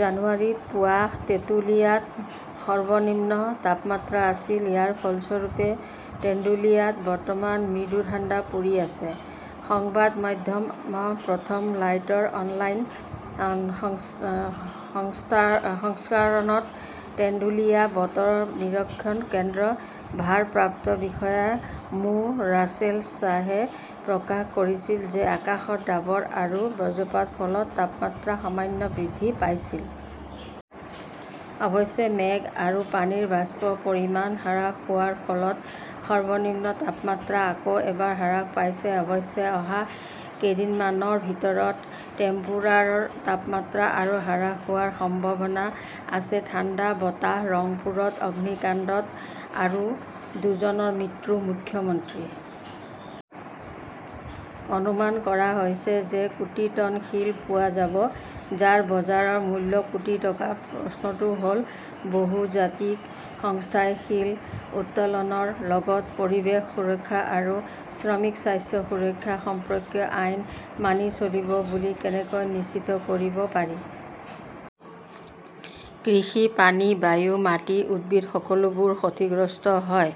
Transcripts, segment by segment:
জানুৱাৰীত পুৱা তেঁতুলিয়াত সৰ্বনিম্ন তাপমাত্ৰা আছিল । ইয়াৰ ফলস্বৰূপে, টেন্টুলিয়াত বৰ্তমান মৃদু ঠাণ্ডা পৰি আছে। সংবাদ মাধ্যম প্ৰথম লাইটৰ অনলাইন সংস্কৰণত টেন্টুলিয়া বতৰ নিৰীক্ষণ কেন্দ্ৰৰ ভাৰপ্ৰাপ্ত বিষয়া মো. ৰাছেল শ্বাহে প্ৰকাশ কৰিছিল যে আকাশত ডাৱৰ আৰু বজ্ৰপাত ফলত তাপমাত্ৰা সামান্য বৃদ্ধি পাইছিল। অৱশ্যে, মেঘ আৰু পানীৰ বাষ্পৰ পৰিমাণ হ্ৰাস হোৱাৰ ফলত সৰ্বনিম্ন তাপমাত্ৰা আকৌ এবাৰ হ্ৰাস পাইছে। অৱশ্যে, অহা কেইদিনমানৰ ভিতৰত টেম্পুৰাৰ তাপমাত্ৰা আৰু হ্ৰাস হোৱাৰ সম্ভাৱনা আছে। ঠাণ্ডা বতাহ ৰংপুৰত অগ্নিকাণ্ডত আৰু দুজনৰ মৃত্যু ।মুখ্যমন্ত্ৰী অনুমান কৰা হৈছে যে কোটি টন শিল পোৱা যাব, যাৰ বজাৰৰ মূল্য কোটি টকা। প্ৰশ্নটো হ 'ল, বহুজাতিক সংস্থাই শিল উত্তোলনৰ লগত পৰিৱেশ সুৰক্ষা আৰু শ্ৰমিক স্বাস্থ্য সুৰক্ষা সম্পৰ্কীয় আইন মানি চলিব বুলি কেনেকৈ নিশ্চিত কৰিব পাৰি? কৃষি, পানী, বায়ু, মাটি, উদ্ভিদ, সকলোবোৰ ক্ষতিগ্ৰস্ত হয়।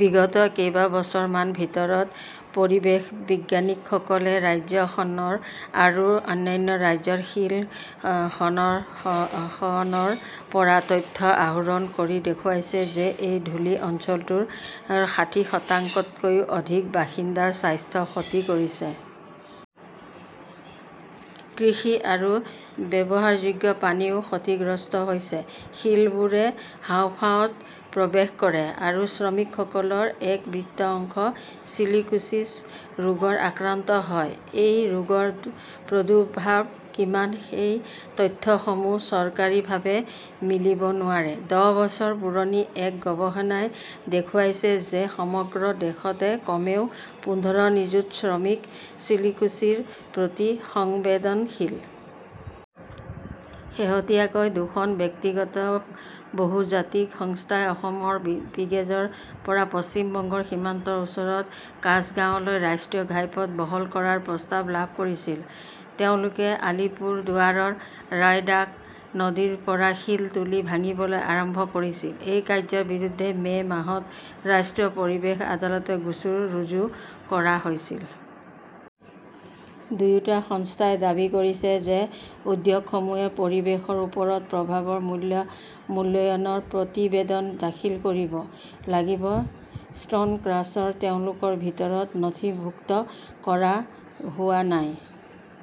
বিগত কেইবাবছৰমানৰ ভিতৰত পৰিৱেশবিজ্ঞানীসকলে ৰাজ্যখনৰ আৰু অন্যান্য ৰাজ্যৰ শিল খনৰ খ খনৰ পৰা তথ্য আহৰণ কৰি দেখুৱাইছে যে এই ধূলি অঞ্চলটোৰ ষাঠি শতাংশতকৈও অধিক বাসিন্দাৰ স্বাস্থ্য ক্ষতি কৰিছে। কৃষি আৰু ব্যৱহাৰযোগ্য পানীও ক্ষতিগ্ৰস্ত হৈছে। শিলবোৰে হাঁওফাঁওত প্ৰৱেশ কৰে আৰু শ্ৰমিকসকলৰ এক বৃত অংশ চিলিকোছিছ ৰোগৰ আক্ৰান্ত হয়। এই ৰোগৰ প্ৰদুৰ্ভাৱ কিমান, সেই তথ্যসমূহ চৰকাৰীভাৱে মিলিব নোৱাৰে। দহ বছৰ পুৰণি এক গৱেষণাই দেখুৱাইছে যে সমগ্ৰ দেশতে কমেও পোন্ধৰ নিযুত শ্ৰমিক চিলিকোছিৰ প্ৰতি সংবেদনশীল। শেহতীয়াকৈ দুখন ব্যক্তিগত বহুজাতিক সংস্থাই অসমৰ পিগেজৰ পৰা পশ্চিম বংগৰ সীমান্তৰ ওচৰৰ কাছগাঁওলৈ ৰাষ্ট্ৰীয় ঘাইপথ বহল কৰাৰ প্ৰস্তাৱ লাভ কৰিছিল। তেওঁলোকে আলীপুৰদুৱাৰৰ ৰায়ডাক নদীৰ পৰা শিল তুলি ভাঙিবলৈ আৰম্ভ কৰিছিল। এই কাৰ্য্যৰ বিৰুদ্ধে মে মাহত ৰাষ্ট্ৰীয় পৰিৱেশ আদালতত গোচৰ ৰুজু কৰা হৈছিল। দুয়োটা সংস্থাই দাবী কৰিছে যে, উদ্যোগসমূহে পৰিৱেশৰ ওপৰত প্ৰভাৱৰ মূল্যায়নৰ প্ৰতিবেদন দাখিল কৰিব লাগিব, ষ্টোন ক্ৰাছাৰ তেওঁলোকৰ ভিতৰত নথিভুক্ত কৰা হোৱা নাই।